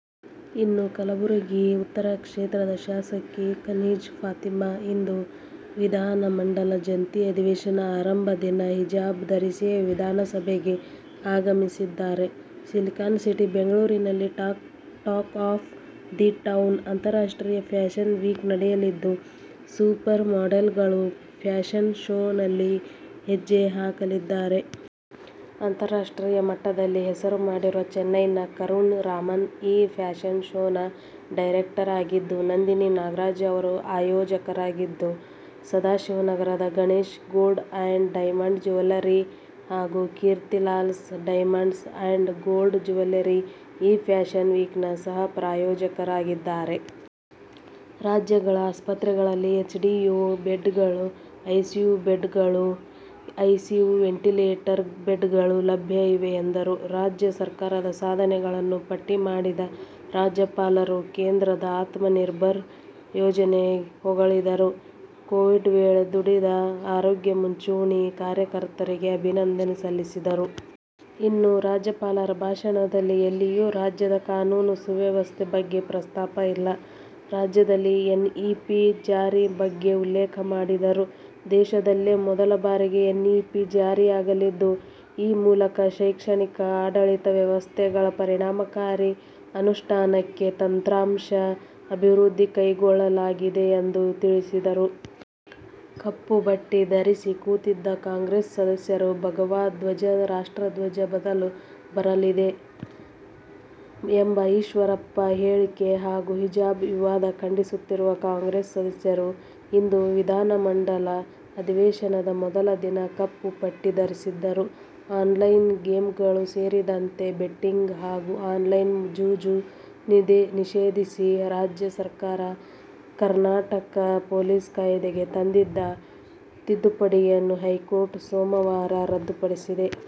ಇನ್ನು ಕಲಬುರಗಿ ಉತ್ತರ ಕ್ಷೇತ್ರದ ಶಾಸಕಿ ಕನೀಜ್ ಫಾತಿಮಾ ಇಂದು ವಿಧಾನ ಮಂಡಲ ಜಂಟಿ ಅಧಿವೇಶನ ಆರಂಭ ದಿನ ಹಿಜಾಬ್ ಧರಿಸಿಯೇ ವಿಧಾನಸಭೆಗೆ ಆಗಮಿಸಿದ್ದಾರೆ. ಸಿಲಿಕಾನ್ ಸಿಟಿ ಬೆಂಗಳೂರಿನಲ್ಲಿ "ಟಾಕ್ ಆಫ್ ದಿ ಟೌನ್-ಅಂತಾರಾಷ್ಟ್ರೀಯ ಫ್ಯಾಷನ್ ವೀಕ್ " ನಡೆಯಲಿದ್ದು, ಸೂಪರ್ ಮಾಡೆಲ್ಗಳು ಫ್ಯಾಷನ್ ಶೋನಲ್ಲಿ ಹೆಜ್ಜೆ ಹಾಕಲಿದ್ದಾರೆ. ಅಂತಾರಾಷ್ಟ್ರೀಯ ಮಟ್ಟದಲ್ಲಿ ಹೆಸರು ಮಾಡಿರುವ ಚೆನ್ನೈನ ಕರುಣ್ ರಾಮನ್ ಈ ಫ್ಯಾಷನ್ ಶೋನ ಡೈರೆಕ್ಟರ್ ಆಗಿದ್ದು, ನಂದಿನಿ ನಾಗರಾಜ್ ಅವರು ಆಯೋಜಕರಾಗಿದ್ದು, ಸದಾಶಿವನಗರದ Ganesh gold and diamond jewellery ಹಾಗೂ Kirtilals diamonds and gold jewellery ಈ ಫ್ಯಾಷನ್ ವೀಕ್ನ ಸಹ ಪ್ರಾಯೋಜಕರಾಗಿದ್ದಾರೆ. ರಾಜ್ಯಗಳ ಆಸ್ಪತ್ರೆಗಳಲ್ಲಿ ಎಚ್ಡಿಯು ಬೆಡ್ ಗಳು, ಐಸಿಯು ಬೆಡ್ ಗಳು, ಐಸಿಯು ವೆಂಟಿಲೇಟರ್ ಬೆಡ್ ಗಳು ಲಭ್ಯ ಇವೆ ಎಂದರು. ರಾಜ್ಯ ಸರ್ಕಾರದ ಸಾಧನೆಗಳನ್ನು ಪಟ್ಟಿ ಮಾಡಿದ ರಾಜ್ಯಪಾಲರು, ಕೇಂದ್ರದ ಆತ್ಮನಿರ್ಭರ್ ಯೋಜನೆ ಹೊಗಳಿದರು. ಕೋವಿಡ್ ವೇಳೆ ದುಡಿದ ಆರೋಗ್ಯ, ಮುಂಚೂಣಿ ಕಾರ್ಯಕರ್ತರಿಗೆ ಅಭಿನಂದನೆ ಸಲ್ಲಿಸಿದರು. ಇನ್ನು ರಾಜ್ಯಪಾಲರ ಭಾಷಣದಲ್ಲಿ ಎಲ್ಲಿಯೂ ರಾಜ್ಯದ ಕಾನೂನು ಸುವ್ಯವಸ್ಥೆ ಬಗ್ಗೆ ಪ್ರಸ್ತಾಪ ಇಲ್ಲ. ರಾಜ್ಯದಲ್ಲಿ ಎನ್ ಇಪಿ ಜಾರಿ ಬಗ್ಗೆ ಉಲ್ಲೇಖ ಮಾಡಿದರು. ದೇಶದಲ್ಲೇ ಮೊದಲ ಬಾರಿಗೆ ಎನ್ ಇಪಿ ಜಾರಿಯಾಗಲಿದ್ದು, ಈ ಮೂಲಕ ಶೈಕ್ಷಣಿಕ, ಆಡಳಿತ ವ್ಯವಸ್ಥೆಗಳ ಪರಿಣಾಮಕಾರಿ ಅನುಷ್ಠಾನಕ್ಕೆ ತಂತ್ರಾಂಶ ಅಭಿವೃದ್ಧಿ ಕೈಗೊಳ್ಳಲಾಗಿದೆ ಎಂದು ತಿಳಿಸಿದರು. ಕಪ್ಪು ಪಟ್ಟಿ ಧರಿಸಿ ಕೂತಿದ್ದ ಕಾಂಗ್ರೆಸ್ ಸದಸ್ಯರು ಭಗವಾ ಧ್ವಜ ರಾಷ್ಟ್ರಧ್ವಜ ಬದಲು ಬರಲಿದೆ ಎಂಬ ಈಶ್ವರಪ್ಪ ಹೇಳಿಕೆ ಹಾಗೂ ಹಿಜಾಬ್ ವಿವಾದ ಖಂಡಿಸುತ್ತಿರುವ ಕಾಂಗ್ರೆಸ್ ಸದಸ್ಯರು ಇಂದು ವಿಧಾನಮಂಡಲ ಅಧಿವೇಶನದ ಮೊದಲ ದಿನ ಕಪ್ಪು ಪಟ್ಟಿ ಧರಿಸಿದ್ದರು. ಆನ್ಲೈನ್ ಗೇಮ್ಗಳು ಸೇರಿದಂತೆ ಬೆಟ್ಟಿಂಗ್ ಹಾಗೂ ಆನ್ ಲೈನ್ ಜೂಜು ನಿಷೇಧಿಸಿ ರಾಜ್ಯ ಸರ್ಕಾರ ಕರ್ನಾಟಕ ಪೊಲೀಸ್ ಕಾಯ್ದೆಗೆ ತಂದಿದ್ದ ತಿದ್ದುಪಡಿಯನ್ನು ಹೈಕೋರ್ಟ್ ಸೋಮವಾರ ರದ್ದುಪಡಿಸಿದೆ.